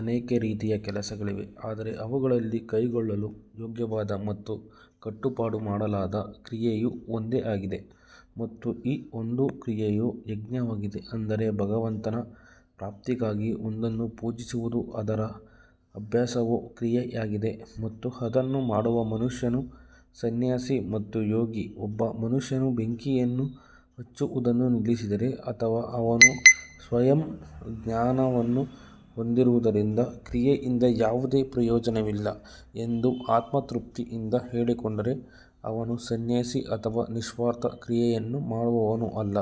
ಅನೇಕ ರೀತಿಯ ಕೆಲಸಗಳಿವೆ ಆದರೆ ಅವುಗಳಲ್ಲಿ ಕೈಗೊಳ್ಳಲು ಯೋಗ್ಯವಾದ ಮತ್ತು ಕಟ್ಟುಪಾಡು ಮಾಡಲಾದ ಕ್ರಿಯೆಯು ಒಂದೇ ಆಗಿದೆ. ಮತ್ತು ಈ ಒಂದು ಕ್ರಿಯೆಯು ಯಜ್ಞವಾಗಿದೆ ಅಂದರೆ ಭಗವಂತನ ಪ್ರಾಪ್ತಿಗಾಗಿ ಒಂದನ್ನು ಪೂಜಿಸುವುದು ಅದರ ಅಭ್ಯಾಸವು ಕ್ರಿಯೆಯಾಗಿದೆ ಮತ್ತು ಅದನ್ನು ಮಾಡುವ ಮನುಷ್ಯನು ಸನ್ಯಾಸಿ ಮತ್ತು ಯೋಗಿ ಒಬ್ಬ ಮನುಷ್ಯನು ಬೆಂಕಿಯನ್ನು ಹಚ್ಚುವುದನ್ನು ನಿಲ್ಲಿಸಿದರೆ ಅಥವಾ ಅವನು ಸ್ವಯಂ ಜ್ಞಾನವನ್ನು ಹೊಂದಿರುವುದರಿಂದ ಕ್ರಿಯೆಯಿಂದ ಯಾವುದೇ ಪ್ರಯೋಜನವಿಲ್ಲ ಎಂದು ಆತ್ಮತೃಪ್ತಿಯಿಂದ ಹೇಳಿಕೊಂಡರೆ ಅವನು ಸನ್ಯಾಸಿ ಅಥವಾ ನಿಸ್ವಾರ್ಥ ಕ್ರಿಯೆಯನ್ನು ಮಾಡುವವನೂ ಅಲ್ಲ.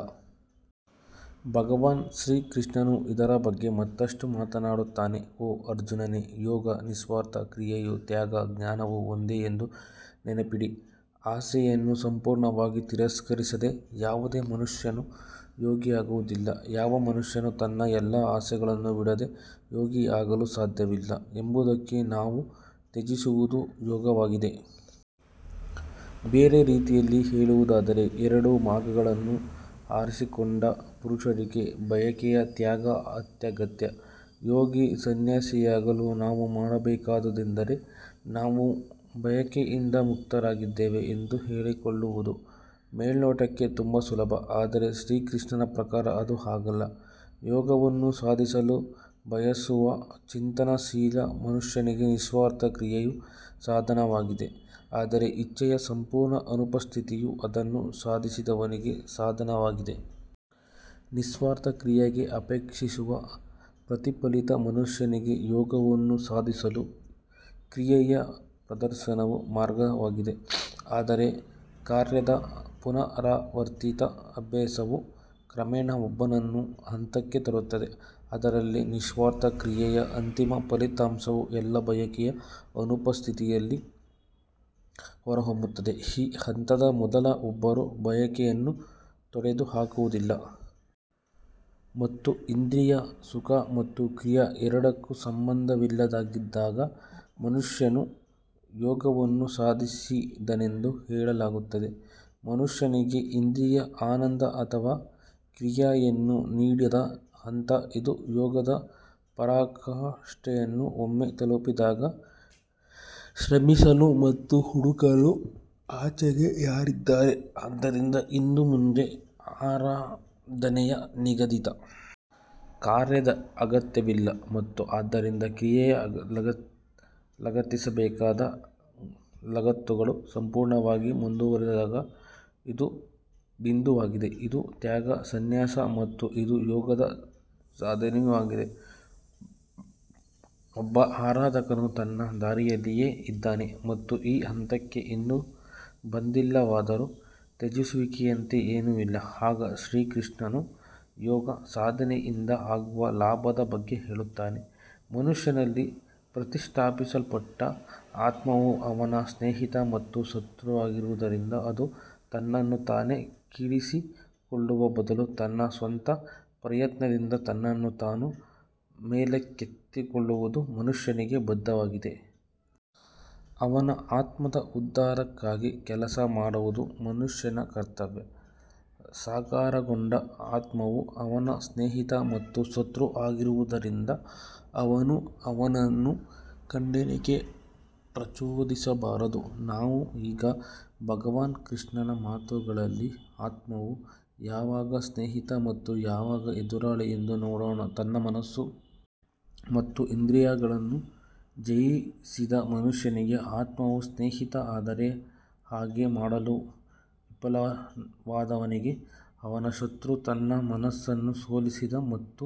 ಭಗವಾನ್ ಶ್ರೀಕೃಷ್ಣನು ಇದರ ಬಗ್ಗೆ ಮತ್ತಷ್ಟು ಮಾತನಾಡುತ್ತಾನೆ ಓ ಅರ್ಜುನನೇ, ಯೋಗ ನಿಸ್ವಾರ್ಥ ಕ್ರಿಯೆಯು ತ್ಯಾಗ ಜ್ಞಾನವು ಒಂದೇ ಎಂದು ನೆನಪಿಡಿ, ಆಸೆಯನ್ನು ಸಂಪೂರ್ಣವಾಗಿ ತಿರಸ್ಕರಿಸದೆ ಯಾವುದೇ ಮನುಷ್ಯನು ಯೋಗಿಯಾಗುವುದಿಲ್ಲ. ಯಾವ ಮನುಷ್ಯನು ತನ್ನ ಎಲ್ಲಾ ಆಸೆಗಳನ್ನು ಬಿಡದೆ ಯೋಗಿಯಾಗಲು ಸಾಧ್ಯವಿಲ್ಲ ಎಂಬುದಕ್ಕೆ ನಾವು ತ್ಯಜಿಸುವುದು ಯೋಗವಾಗಿದೆ. ಬೇರೆ ರೀತಿಯಲ್ಲಿ ಹೇಳುವುದಾದರೆ, ಎರಡೂ ಮಾರ್ಗಗಳನ್ನು ಆರಿಸಿಕೊಂಡ ಪುರುಷರಿಗೆ ಬಯಕೆಯ ತ್ಯಾಗ ಅತ್ಯಗತ್ಯ ಯೋಗಿ ಸನ್ಯಾಸಿಯಾಗಲು ನಾವು ಮಾಡಬೇಕಾದುದೆಂದರೆ ನಾವು ಬಯಕೆಯಿಂದ ಮುಕ್ತರಾಗಿದ್ದೇವೆ ಎಂದು ಹೇಳಿಕೊಳ್ಳುವುದು ಮೇಲ್ನೋಟಕ್ಕೆ ತುಂಬಾ ಸುಲಭ. ಆದರೆ ಶ್ರೀಕೃಷ್ಣನ ಪ್ರಕಾರ ಅದು ಹಾಗಲ್ಲ ಯೋಗವನ್ನು ಸಾಧಿಸಲು ಬಯಸುವ ಚಿಂತನಶೀಲ ಮನುಷ್ಯನಿಗೆ ನಿಸ್ವಾರ್ಥ ಕ್ರಿಯೆಯು ಸಾಧನವಾಗಿದೆ, ಆದರೆ ಇಚ್ಛೆಯ ಸಂಪೂರ್ಣ ಅನುಪಸ್ಥಿತಿಯು ಅದನ್ನು ಸಾಧಿಸಿದವನಿಗೆ ಸಾಧನವಾಗಿದೆ. ನಿಸ್ವಾರ್ಥ ಕ್ರಿಯೆಗೆ ಅಪೇಕ್ಷಿಸುವ ಪ್ರತಿಫಲಿತ ಮನುಷ್ಯನಿಗೆ ಯೋಗವನ್ನು ಸಾಧಿಸಲು ಕ್ರಿಯೆಯ ಪ್ರದರ್ಶನವು ಮಾರ್ಗವಾಗಿದೆ ಆದರೆ ಕಾರ್ಯದ ಪುನರಾವರ್ತಿತ ಅಭ್ಯಾಸವು ಕ್ರಮೇಣ ಒಬ್ಬನನ್ನು ಹಂತಕ್ಕೆ ತರುತ್ತದೆ, ಅದರಲ್ಲಿ ನಿಸ್ವಾರ್ಥ ಕ್ರಿಯೆಯ ಅಂತಿಮ ಫಲಿತಾಂಶವು ಎಲ್ಲಾ ಬಯಕೆಯ ಅನುಪಸ್ಥಿತಿಯಲ್ಲಿ ಹೊರಹೊಮ್ಮುತ್ತದೆ ಈ ಹಂತದ ಮೊದಲು ಒಬ್ಬರು ಬಯಕೆಯನ್ನು ತೊಡೆದುಹಾಕುವುದಿಲ್ಲ ಮತ್ತು ಇಂದ್ರಿಯ ಸುಖ ಮತ್ತು ಕ್ರಿಯೆ ಎರಡಕ್ಕೂ ಸಂಬಂಧವಿಲ್ಲದಿದ್ದಾಗ ಮನುಷ್ಯನು ಯೋಗವನ್ನು ಸಾಧಿಸಿದನೆಂದು ಹೇಳಲಾಗುತ್ತದೆ ಮನುಷ್ಯನಿಗೆ ಇಂದ್ರಿಯ ಆನಂದ ಅಥವಾ ಕ್ರಿಯೆಯನ್ನು ನೀಡದ ಹಂತ ಇದು ಯೋಗದ ಪರಾಕಾಷ್ಠೆಯನ್ನು ಒಮ್ಮೆ ತಲುಪಿದಾಗ, ಶ್ರಮಿಸಲು ಮತ್ತು ಹುಡುಕಲು ಆಚೆಗೆ ಯಾರಿದ್ದಾರೆ ಆದ್ದರಿಂದ ಇನ್ನು ಮುಂದೆ ಆರಾಧನೆಯ ನಿಗದಿತ ಕಾರ್ಯದ ಅಗತ್ಯವಿಲ್ಲ ಮತ್ತು ಆದ್ದರಿಂದ ಕ್ರಿಯೆಗೆ ಲಗತ್ತಿಸಬೇಕಾಗಿದೆ ಲಗತ್ತುಗಳು ಸಂಪೂರ್ಣವಾಗಿ ಮುರಿದುಹೋದಾಗ ಇದು ಬಿಂದುವಾಗಿದೆ ಇದು ತ್ಯಾಗ ಸನ್ಯಾಸ ಮತ್ತು ಇದು ಯೋಗದ ಸಾಧನೆಯೂ ಆಗಿದೆ ಒಬ್ಬ ಆರಾಧಕನು ತನ್ನ ದಾರಿಯಲ್ಲಿಯೇ ಇದ್ದಾನೆ ಮತ್ತು ಈ ಹಂತಕ್ಕೆ ಇನ್ನೂ ಬಂದಿಲ್ಲವಾದರೂ, ತ್ಯಜಿಸುವಿಕೆಯಂತೆ ಏನೂ ಇಲ್ಲ ಆಗ ಶ್ರೀಕೃಷ್ಣನು ಯೋಗ ಸಾಧನೆಯಿಂದ ಆಗುವ ಲಾಭದ ಬಗ್ಗೆ ಹೇಳುತ್ತಾನೆ ಮನುಷ್ಯನಲ್ಲಿ ಪ್ರತಿಷ್ಠಾಪಿಸಲ್ಪಟ್ಟ ಆತ್ಮವು ಅವನ ಸ್ನೇಹಿತ ಮತ್ತು ಶತ್ರುವಾಗಿರುವುದರಿಂದ ಅದು ತನ್ನನ್ನು ತಾನು ಕೀಳಿಸಿಕೊಳ್ಳುವ ಬದಲು ತನ್ನ ಸ್ವಂತ ಪ್ರಯತ್ನದಿಂದ ತನ್ನನ್ನು ತಾನು ಮೇಲಕ್ಕೆತ್ತಿಕೊಳ್ಳುವುದು ಮನುಷ್ಯನಿಗೆ ಬದ್ಧವಾಗಿದೆ. ಅವನ ಆತ್ಮದ ಉದ್ಧಾರಕ್ಕಾಗಿ ಕೆಲಸ ಮಾಡುವುದು ಮನುಷ್ಯನ ಕರ್ತವ್ಯ ಸಾಕಾರಗೊಂಡ ಆತ್ಮವು ಅವನ ಸ್ನೇಹಿತ ಮತ್ತು ಶತ್ರು ಆಗಿರುವುದರಿಂದ ಅವನು ಅವನನ್ನು ಖಂಡನೆಗೆ ಪ್ರಚೋದಿಸಬಾರದು ನಾವು ಈಗ ಭಗವಾನ್ ಕೃಷ್ಣನ ಮಾತುಗಳಲ್ಲಿ ಆತ್ಮವು ಯಾವಾಗ ಸ್ನೇಹಿತ ಮತ್ತು ಯಾವಾಗ ಎದುರಾಳಿ ಎಂದು ನೋಡೋಣ ತನ್ನ ಮನಸ್ಸು ಮತ್ತು ಇಂದ್ರಿಯಗಳನ್ನು ಜಯಿಸಿದ ಮನುಷ್ಯನಿಗೆ ಆತ್ಮವು ಸ್ನೇಹಿತ ಆದರೆ ಹಾಗೆ ಮಾಡಲು ವಿಫಲವಾದವನಿಗೆ ಅವನು ಶತ್ರು ತನ್ನ ಮನಸ್ಸನ್ನು ಸೋಲಿಸಿದ ಮತ್ತು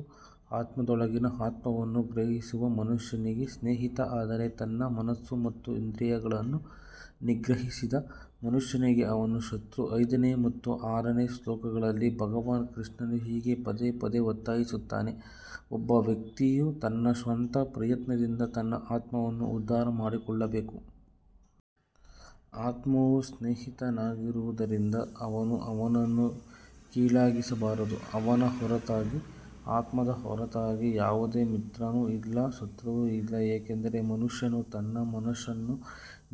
ಆತ್ಮದೊಳಗಿನ ಆತ್ಮವನ್ನು ಗ್ರಹಿಸುವ ಮನುಷ್ಯನಿಗೆ ಸ್ನೇಹಿತ ಆದರೆ ತನ್ನ ಮನಸ್ಸು ಮತ್ತು ಇಂದ್ರಿಯಗಳನ್ನು ನಿಗ್ರಹಿಸದ ಮನುಷ್ಯನಿಗೆ ಅವನು ಶತ್ರು ಐದನೇ ಮತ್ತು ಆರನೇ ಶ್ಲೋಕಗಳಲ್ಲಿ ಭಗವಾನ್ ಕೃಷ್ಣನು ಹೀಗೆ ಪದೇ ಪದೇ ಒತ್ತಾಯಿಸುತ್ತಾನೆ, ಒಬ್ಬ ವ್ಯಕ್ತಿಯು ತನ್ನ ಸ್ವಂತ ಪ್ರಯತ್ನದಿಂದ ತನ್ನ ಆತ್ಮವನ್ನು ಉದ್ಧಾರ ಮಾಡಿಕೊಳ್ಳಬೇಕು. ಆತ್ಮವು ಸ್ನೇಹಿತನಾಗಿರುವುದರಿಂದ ಅವನು ಅವನನ್ನು ಕೀಳಾಗಿಸಬಾರದು ಅವನ ಹೊರತಾಗಿ ಆತ್ಮದ ಹೊರತಾಗಿ ಯಾವುದೇ ಮಿತ್ರನೂ ಇಲ್ಲ, ಶತ್ರುವೂ ಇಲ್ಲ ಏಕೆಂದರೆ ಮನುಷ್ಯನು ತನ್ನ ಮನಸ್ಸನ್ನು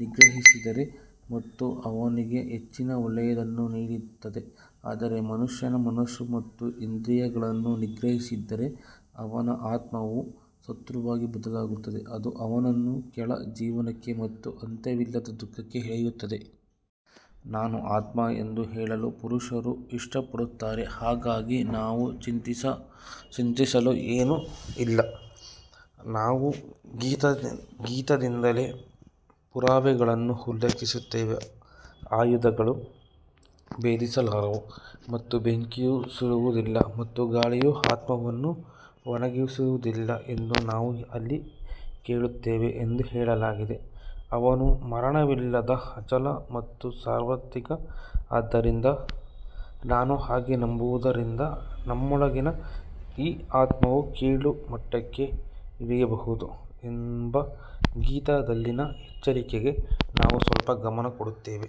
ನಿಗ್ರಹಿಸಿದರೆ ಮತ್ತು ಅವನ ಆತ್ಮವು ಸ್ನೇಹಿತನಂತೆ ವರ್ತಿಸುತ್ತದೆ ಮತ್ತು ಅವನಿಗೆ ಹೆಚ್ಚಿನ ಒಳ್ಳೆಯದನ್ನು ನೀಡುತ್ತದೆ ಆದರೆ ಮನುಷ್ಯನ ಮನಸ್ಸು ಮತ್ತು ಇಂದ್ರಿಯಗಳನ್ನು ನಿಗ್ರಹಿಸದಿದ್ದರೆ, ಅವನ ಆತ್ಮವು ಶತ್ರುವಾಗಿ ಬದಲಾಗುತ್ತದೆ, ಅದು ಅವನನ್ನು ಕೆಳ ಜೀವನಕ್ಕೆ ಮತ್ತು ಅಂತ್ಯವಿಲ್ಲದ ದುಃಖಕ್ಕೆ ಎಳೆಯುತ್ತದೆ. ನಾನು ಆತ್ಮ ಎಂದು ಹೇಳಲು ಪುರುಷರು ಇಷ್ಟಪಡುತ್ತಾರೆ ಹಾಗಾಗಿ ನಾವು ಚಿಂತಿಸಲು ಏನೂ ಇಲ್ಲ ನಾವು ಗೀತಾದಿಂದಲೇ ಪುರಾವೆಗಳನ್ನು ಉಲ್ಲೇಖಿಸುತ್ತೇವೆ ಆಯುಧಗಳು ಭೇದಿಸಲಾರವು ಮತ್ತು ಬೆಂಕಿಯು ಸುಡುವುದಿಲ್ಲ ಮತ್ತು ಗಾಳಿಯು ಆತ್ಮವನ್ನು ಒಣಗಿಸುವುದಿಲ್ಲ ಎಂದು ನಾವು ಅಲ್ಲಿ ಕೇಳುತ್ತೇವೆ ಎಂದು ಹೇಳಲಾಗಿದೆ ಅವನು ಮರಣವಿಲ್ಲದ ಅಚಲ ಮತ್ತು ಸಾರ್ವತ್ರಿಕ ಆದ್ದರಿಂದ ನಾನು ಹಾಗೆ ನಂಬುವುದರಿಂದ ನಮ್ಮೊಳಗಿನ ಈ ಆತ್ಮವು ಕೀಳು ಮಟ್ಟಕ್ಕೆ ಇಳಿಯಬಹುದು ಎಂಬ ಗೀತಾದಲ್ಲಿನ ಎಚ್ಚರಿಕೆಗೆ ನಾವು ಸ್ವಲ್ಪ ಗಮನ ಕೊಡುತ್ತೇವೆ.